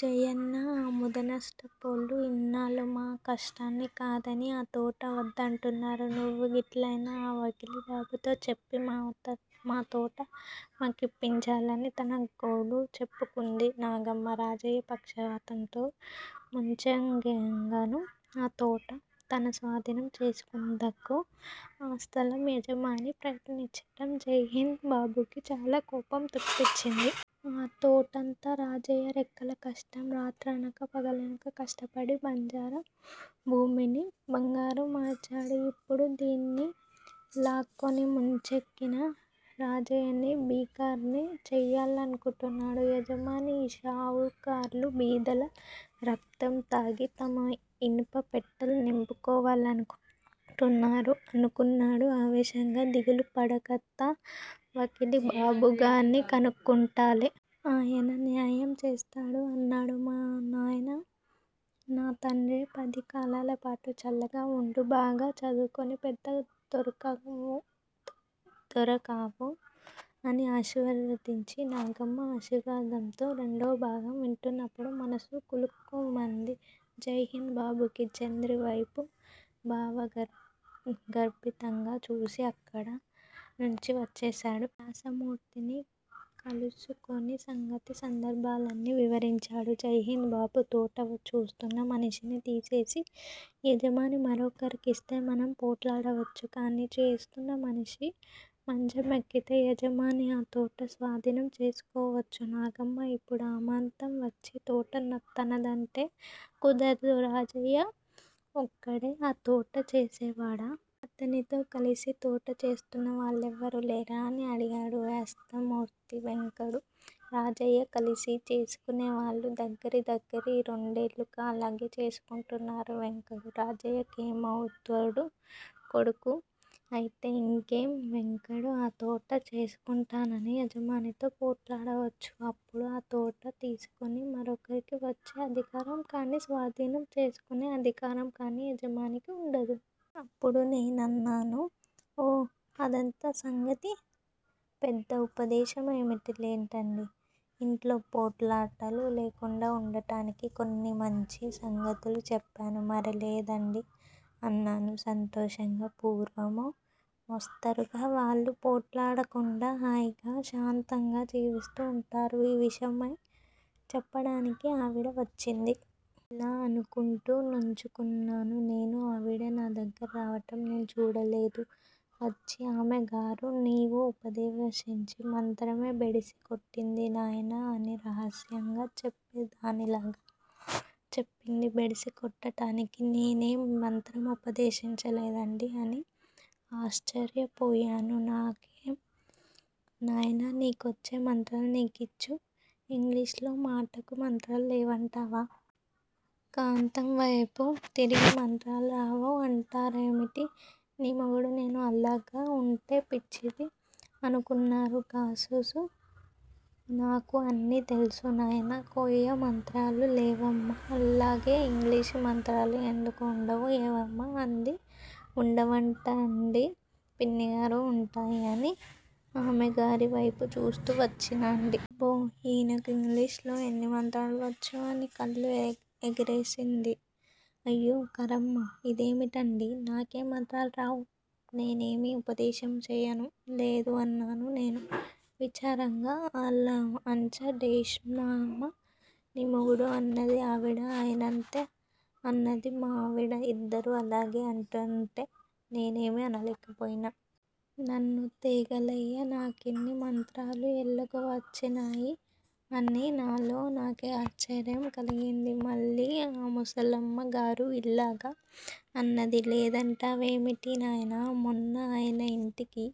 జయన్నా! ఆ ముదనష్టపోళ్ళు ఇన్నాళ్ళు మా కట్టము కాదని ఆ తోట మాదంటన్నారు. నువ్వెట్లగయినా ఆ వకీలు బాబుతో చెప్పి మాతోట మాకిప్పించాలి! తన గోడు చెప్పుకుంది నాగమ్మ రాజయ్య పక్షవాతంతో మంచమెక్కగానే ఆ తోట తనస్వాధీనం చేసుకుందుకు ఆ స్ధలం యజమాని ప్రయత్నించటం జైహింద్ బాబుకీ చాలా కోపం తెప్పించింది. ఆ తోటంతా రాజయ్య రెక్కల కష్టం. రాత్రనక, పగలనక కష్టపడి బంజర భూమిని బంగారం మార్చాడు. ఇప్పుడు దాన్ని లాక్కుని మంచమెక్కిన రాజయ్యని బికారిని చెయ్యాలనుకుంటున్నాడు యజమాని. ఈ షావుకార్లు బీదల రక్తం తాగి తమ ఇనప్పెట్టెలు నింపుకోవాలనుకుంటారు అనుకున్నాడు ఆవేశంగా. దిగులు పడకత్తా! వకీలు బాబుగార్ని కనుక్కుంటాలే! ఆయన న్యాయం చేస్తాడు అన్నాడు. మా నాయనే! నా తండ్రే! పది కాలాలపాటు చల్లగా వుండు. బాగా చదువుకొని పెద్ద దొరవుకా? అని ఆశీర్వదించింది నాగమ్మ. ఆ ఆశీర్వాదంలో రెండవభాగం వింటున్నప్పుడు మనస్సు కలుక్కుమంది జైహింద్ బాబుకి. చంద్రి వైపు భావగర్భితంగా చూసి అక్కడి నుంచి వచ్చేశాడు. వ్యాసమూర్తిని కలుసుకొని సంగతి సందర్భాలన్నీ వివరించాడు జైహింద్ బాబు! తోట చూస్తున్న మనిషిని తీసేసి యజమాని మరొకరికిస్తే మనం పోట్లాడవచ్చు. కానీ చేస్తున్న మనిషి మంచమెక్కితే యజమాని ఆ తోట స్వాధీనం చేసుకోవచ్చు. నాగమ్మ ఇప్పుడు అమాంతం వచ్చి తోట తనదంటే కుదరదు. రాజయ్య ఒక్కడే ఆ తోట చేసే వాడా? అతనితో కలసి తోట చేస్తున్న వాళ్లెవరూ లేరా? అని అడిగాడు వ్యాసమూర్తి. వెంకడూ, రాజయ్య కలిసి చేసుకొనేవాళ్ళు. దగ్గిర దగ్గిర ఈ రెండేళ్ళుగా అలాగే చూసుకొంటున్నారు వెంకడు, రాజయ్యకేమవుతాడు? కొడుకు! అయితే ఇంకేం? వెంకడు ఆ తోటను చేసుకొంటానని యజమానితో పోట్లాడవచ్చు. అప్పుడు ఆ తోట తీసుకొని మరొకరికి వచ్చే అధికారం కాని, స్వాధీనం చేసుకొనే అధికారం కాని యజమానికి వుండదు. అప్పుడు నేనన్నాను: ఓహ అదా సంగతి? పెద్ద ఉపదేశం ఏమిటిలెండి, ఇంట్లో పోట్లాటలు లేకుండా ఉండటానికి కొన్ని మంచి సంగతులు చెప్పాను. మరేలేదండీ అన్నాను సంతోషంగా, పూర్వము. మోస్తరుగా వాళ్ళు పోట్లాడుకోకుండా హాయిగా శాంతంగా జీవిస్తూ ఉంటారు. ఆ విషయమై చెప్పడానికే ఆవిడ వచ్చి ఉంటుంది. ఇల్లా అనుకొంటూ నుంచున్నాను నేను. ఆవిడ నా దగ్గరగా రావటం నేను చూడ లేదు. వచ్చి ఆమె గారు నీవు ఉపదేశించిన మంత్రమే బెడిసి కొట్టింది నాయనా అని రహస్యంగా చెప్పే దానిలాగా చెప్పింది. బెడిసి కొట్టటానికి నేనేమీ మంత్రం ఉపదేశించలేదండీ అని ఆశ్చర్యపోయినాను. రాకేం నాయనా, నీకొచ్చిన మంత్రాలు నీకొచ్చు, ఇంగిలీషులో మటుకు మంత్రాలు లేవంటావా? కాంతం వేపు తిరిగి మంత్రాలు రావూ అంటారేమిటి నీ మొగుడు, నేను ఇల్లాగ ఉంటే పిచ్చిది అనుకున్నారు కాసు, నాకు అన్ని తెలుసు నాయనా, కోయ మంత్రాలు లేవమ్మా, అల్లాగే ఇంగ్లీషు మంత్రాలు ఎందుకు ఉండవూ? ఏవమ్మా? అంది. వుండవటండీ! పిన్నిగారూ, ఉంటాయి. అని ఆమె గారి వైపు చూస్తూ వచ్చినండీ. అబ్బో, ఈయనకు ఇంగ్లీషులో ఎన్నో మంత్రాలు వచ్చు అని కళ్ళు ఎగరేసింది. అయ్యో ఖర్మమా. ఇదేమిటండీ, నాకేం మంత్రాలూ రావు! నేను ఏమీ ఉపదేశమూ చెయ్యనూ లేదు అన్నాను నేను విచారంగా. అల్లా అంచా డేమిషమ్మా నీ మొగుడూ? అన్నది ఆవిడ, ఆయనంతే అన్నది మా ఆవిడ, ఇద్దరూ అల్లాగ అంటూంటే నేనేమీ అనలేకపోయినాను. నన్ను తెగలెయ్య నాకిన్ని మంత్రాలు ఎల్లాగువచ్చినయ్ అని నాలో నాకే ఆశ్చర్యం కలిగింది. మళ్ళీ ఆ ముసలమ్మ గారు ఇల్లాగ అన్నది లేదంటావేమిటి నాయనా. మొన్న ఆయన ఇంటికి